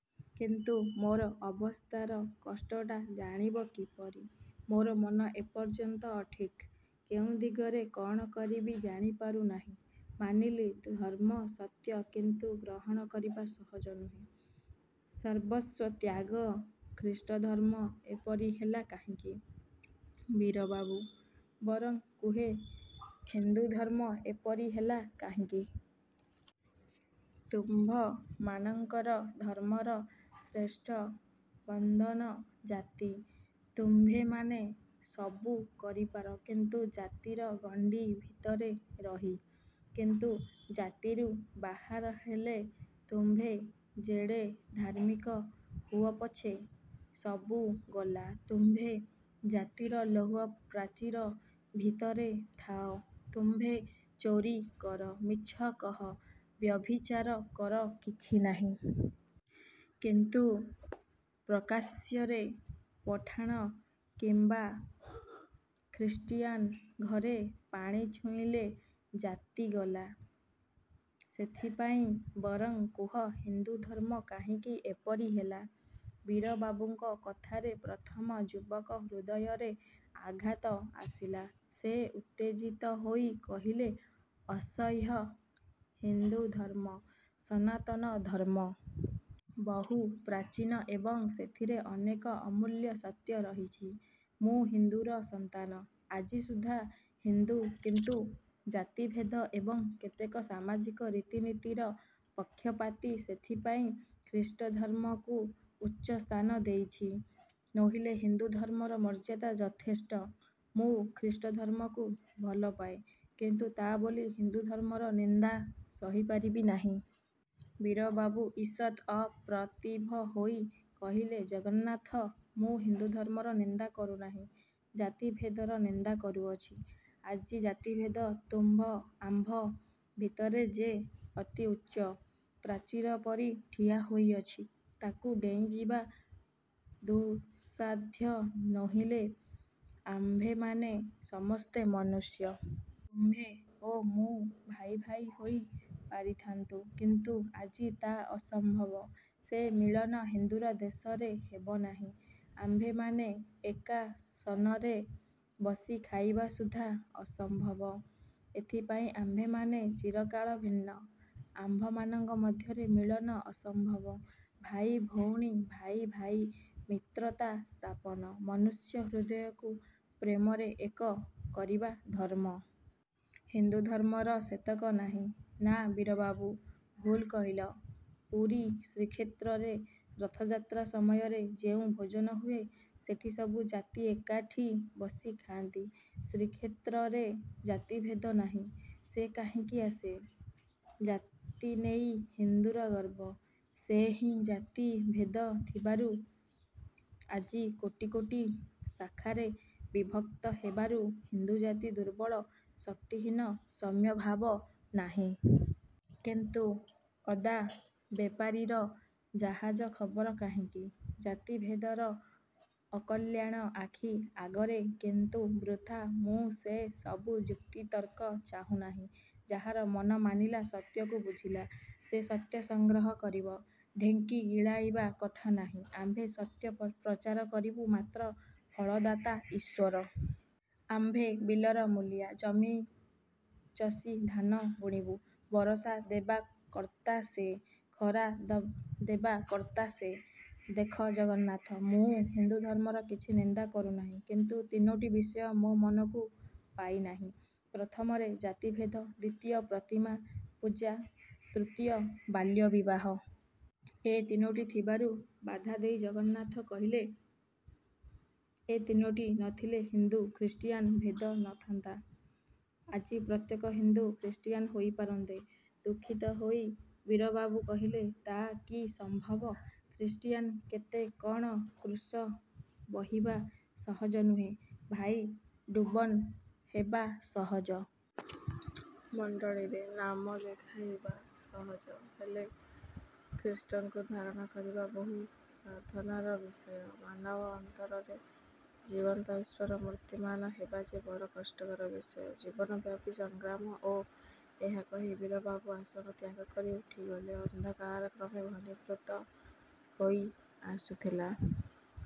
କିନ୍ତୁ ମୋର ଅବସ୍ଥାର କଷ୍ଟଟା ଜାଣିବ କିପରି? ମୋର ମନ ଏପର୍ଯ୍ୟନ୍ତ ଅଠିକ୍। କେଉଁ ଦିଗରେ କ'ଣ କରିବି ଜାଣିପାରୁ ନାହିଁ। ମାନିଲି, ଧର୍ମ ସତ୍ୟ; କିନ୍ତୁ ଗ୍ରହଣ କରିବା ସହଜ ନୁହେଁ। ସର୍ବସ୍ୱ ତ୍ୟାଗ! ଖ୍ରୀଷ୍ଟଧର୍ମ ଏପରି ହେଲା କାହିଁକି ବୀରବାବୁ? " "ବରଂ କୁହେ ହିନ୍ଦୁଧର୍ମ ଏପରି ହେଲା କାହିଁକି? ତୁମ୍ଭମାନଙ୍କର ଧର୍ମର ଶ୍ରେଷ୍ଠ ବନ୍ଧନ ଜାତି। ତୁମ୍ଭେମାନେ ସବୁ କରିପାର କିନ୍ତୁ ଜାତିର ଗଣ୍ଡି-ଭିତରେ ରହି। କିନ୍ତୁ ଜାତିରୁ ବାହାର ହେଲେ, ତୁମ୍ଭେ ଯେଡ଼େ ଧାର୍ମିକ ହୁଅପଛେ, ସବୁ ଗଲା। ତୁମ୍ଭେ ଜାତିର ଲୌହପ୍ରାଚୀର ଭିତରେ ଥାଅ, ତୁମ୍ଭେ ଚୋରୀ- କର, ମିଛ କହ, ବ୍ୟଭିଚାର କର କିଛି ନାହିଁ। କିନ୍ତୁ ପ୍ରକାଶ୍ୟରେ ପଠାଣ କିମ୍ୱା ଖ୍ରୀଷ୍ଟିୟାନ ଘରେ ପାଣି ଛୁଇଁଲେ ଜାତି ଗଲା। ସେଥିପାଇଁ, ବରଂ କୁହ, ହିନ୍ଦୁ- ଧର୍ମ କାହିଁକି ଏପରି ହେଲା? " ବୀରବାବୁଙ୍କ କଥାରେ ପ୍ରଥମ ଯୁବକ ହୃଦୟରେ ଆଘାତ ଆସିଲା। ସେ ଉତ୍ତେଜିତ ହୋଇ କହିଲେ "ଅସହ୍ୟ। ହିନ୍ଦୁଧର୍ମ ସନାତନ ଧର୍ମ। ବହୁ ପ୍ରାଚୀନ ଏବଂ ସେଥିରେ ଅନେକ ଅମୂଲ୍ୟ ସତ୍ୟ ରହିଛି। ମୁଁ ହିନ୍ଦୁର ସନ୍ତାନ। ଆଜିସୁଦ୍ଧା ହିନ୍ଦୁ; କିନ୍ତୁ ଜାତିଭେଦ ଏବଂ କେତେକ ସାମାଜିକ ରୀତିନୀତିର ପକ୍ଷପାତୀ। ସେଥିପାଇଁ ଖ୍ରୀଷ୍ଟଧର୍ମକୁ ଉଚ୍ଚ ସ୍ଥାନ ଦେଇଛି। ନୋହିଲେ ହିନ୍ଦୁ ଧର୍ମର ମର୍ଯ୍ୟାଦା ଯଥେଷ୍ଟ। ମୁଁ ଖ୍ରୀଷ୍ଟଧର୍ମକୁ ଭଲ- ପାଏ; କିନ୍ତୁ ତା ବୋଲି ହିନ୍ଦୁଧର୍ମର ନିନ୍ଦା ସହିପାରିବି ନାହିଁ। " ବୀରବାବୁ ଈଷତ୍ ଅପ୍ରତିଭ ହୋଇ କହିଲେ "ଜଗନ୍ନାଥ, ମୁଁ ହିନ୍ଦୁଧର୍ମର ନିନ୍ଦା କରୁନାହିଁ। ଜାତିଭେଦର ନିନ୍ଦା କରୁଅଛି। ଆଜି ଜାତିଭେଦ ତୁମ୍ଭ ଆମ୍ଭ ଭିତରେ ଯେ ଅତି ଉଚ୍ଚ ପ୍ରାଚୀର ପରି ଠିଆ ହୋଇଅଛି ତାକୁ ଡେଇଁଯିବା ଦୁଃସାଧ୍ୟ; ନୋହିଲେ ଆମ୍ଭେମାନେ ସମସ୍ତେ ମନୁଷ୍ୟ। ତୁମ୍ଭେ ଓ ମୁଁ ଭାଇ ଭାଇ ହୋଇ ପାରିଥାନ୍ତୁ; କିନ୍ତୁ ଆଜି ତା' ଅସମ୍ଭବ। ସେ ମିଳନ ହିନ୍ଦୁର ଦେଶରେ ହେବ ନାହିଁ। ଆମ୍ଭେମାନେ ଏକାସନରେ ବସି ଖାଇବା ସୁଦ୍ଧା ଅସମ୍ଭବ। ଏଥିପାଇଁ ଆମ୍ଭେମାନେ ଚିରକାଳ ଭିନ୍ନ। ଆମ୍ଭମାନଙ୍କ ମଧ୍ୟରେ ମିଳନ ଅସମ୍ଭବ। ଭାଇ ଭଉଣୀ, ଭାଇ ଭାଇ ମିତ୍ରତା ସ୍ଥାପନ, ମନୁଷ୍ୟ ହୃଦୟକୁ ପ୍ରେମରେ ଏକ କରିବା ଧର୍ମ। ହିନ୍ଦୁଧର୍ମର ସେତକ ନାହିଁ। " "ନାଁ ବୀରବାବୁ, ଭୁଲ କହିଲ। ପୁରୀ ଶ୍ରୀକ୍ଷେତ୍ରରେ ରଥଯାତ୍ରା ସମୟରେ ଯେଉଁ ଭୋଜନ ହୁଏ, ସେଠି ସବୁ ଜାତି ଏକାଠି ବସି ଖାଆନ୍ତି। ଶ୍ରୀକ୍ଷେତ୍ରରେ ଜାତିଭେଦ ନାହିଁ। " "ସେ କାହିଁକି ଆସେ? ଜାତିନେଇ ହିନ୍ଦୁର ଗର୍ବ। ସେହି ଜାତିଭେଦ ଥିବାରୁ ଆଜି କୋଟି କୋଟି ଶାଖାରେ ବିଭକ୍ତ ହେବାରୁ ହିନ୍ଦୁଜାତି ଦୁର୍ବଳ, ଶକ୍ତିହୀନ, ସାମ୍ୟଭାବ ନାହିଁ। କିନ୍ତୁ ଅଦାବେପାରୀର ଜାହାଜ ଖବର କାହିଁକି? ଜାତିଭେଦର ଅକଲ୍ୟାଣ ଆଖି ଆଗରେ; କିନ୍ତୁ ବୃଥା। ମୁଁ ସେ ସବୁ ଯୁକ୍ତିତର୍କ ଚାହୁଁ ନାହିଁ। ଯାହାର ମନ ମାନିଲା ସତ୍ୟକୁ ବୁଝିଲା ସେ ସତ୍ୟ ସଂଗ୍ରହ କରିବ। ଢେଙ୍କି ଗିଳାଇବା କଥା ନାହିଁ। ଆମ୍ଭେ ସତ୍ୟ ପ୍ରଚାର କରିବୁ ମାତ୍ର ଫଳଦାତା ଈଶ୍ୱର। ଆମ୍ଭେ ବିଲର ମୂଲିଆ। ଜମିଚଷି ଧାନ ବୁଣିବୁ। ବରଷା ଦେବା କର୍ତ୍ତା ସେ, ଖରା ଦେବା କର୍ତ୍ତା ସେ-। ଦେଖ ଜଗନ୍ନାଥ, ମୁଁ ହିନ୍ଦୁଧର୍ମର କିଛି ନିନ୍ଦା କରୁନାହିଁ। କିନ୍ତୁ ତିନୋଟି ବିଷୟ ମୋ ମନକୁ ପାଇନାହିଁ। ପ୍ରଥମରେ ଜାତିଭେଦ, ଦ୍ୱିତୀୟ ପ୍ରତିମା ପୂଜା, ତୃତୀୟ ବାଲ୍ୟବିବାହ। ଏ ତିନୋଟି ଥିବାରୁ" ବାଧାଦେଇ ଜଗନ୍ନାଥ କହିଲେ, "ଏ ତିନୋଟି ନଥିଲେ ହିନ୍ଦୁ ଖ୍ରୀଷ୍ଟିୟାନ୍ର ଭେଦ ନ ଥାନ୍ତା। ଆଜି ପ୍ରତ୍ୟେକ ହିନ୍ଦୁ ଖ୍ରୀଷ୍ଟିୟାନ୍ ହୋଇପାରନ୍ତେ। " ଦୁଃଖିତ ହୋଇ ବୀରବାବୁ କହିଲେ, "ତା କି ସମ୍ଭବ? ଖ୍ରୀଷ୍ଟିୟାନ୍ କେତେ କଣ।? କ୍ରୁଶ ବହିବା ସହଜ ନୁହେଁ ଭାଇ; ଡୁବନ ହେବା ସହଜ। ମଣ୍ଡଳୀରେ ନାମ ଲେଖାଇବା ସହଜ। ହେଲେ ଖ୍ରୀଷ୍ଟଙ୍କୁ ଧାରଣ କରିବା ବହୁ ସାଧନାର ବିଷୟ। ମାନବ ଅନ୍ତରରେ ଜୀବନ୍ତ ଈଶ୍ୱର ମୂର୍ତ୍ତିମାନ ହେବା ଯେ ବଡ଼ କଷ୍ଟକର ବିଷୟ। ଜୀବନବ୍ୟାପୀ ସଂଗ୍ରାମ। ଓ " ଏହା କହି ବୀରବାବୁ ଆସନ ତ୍ୟାଗ କରି ଉଠିଗଲେ। ଅନ୍ଧକାର କ୍ରମେ ଘନୀଭୂତ ହୋଇ ଆସୁଥିଲା-।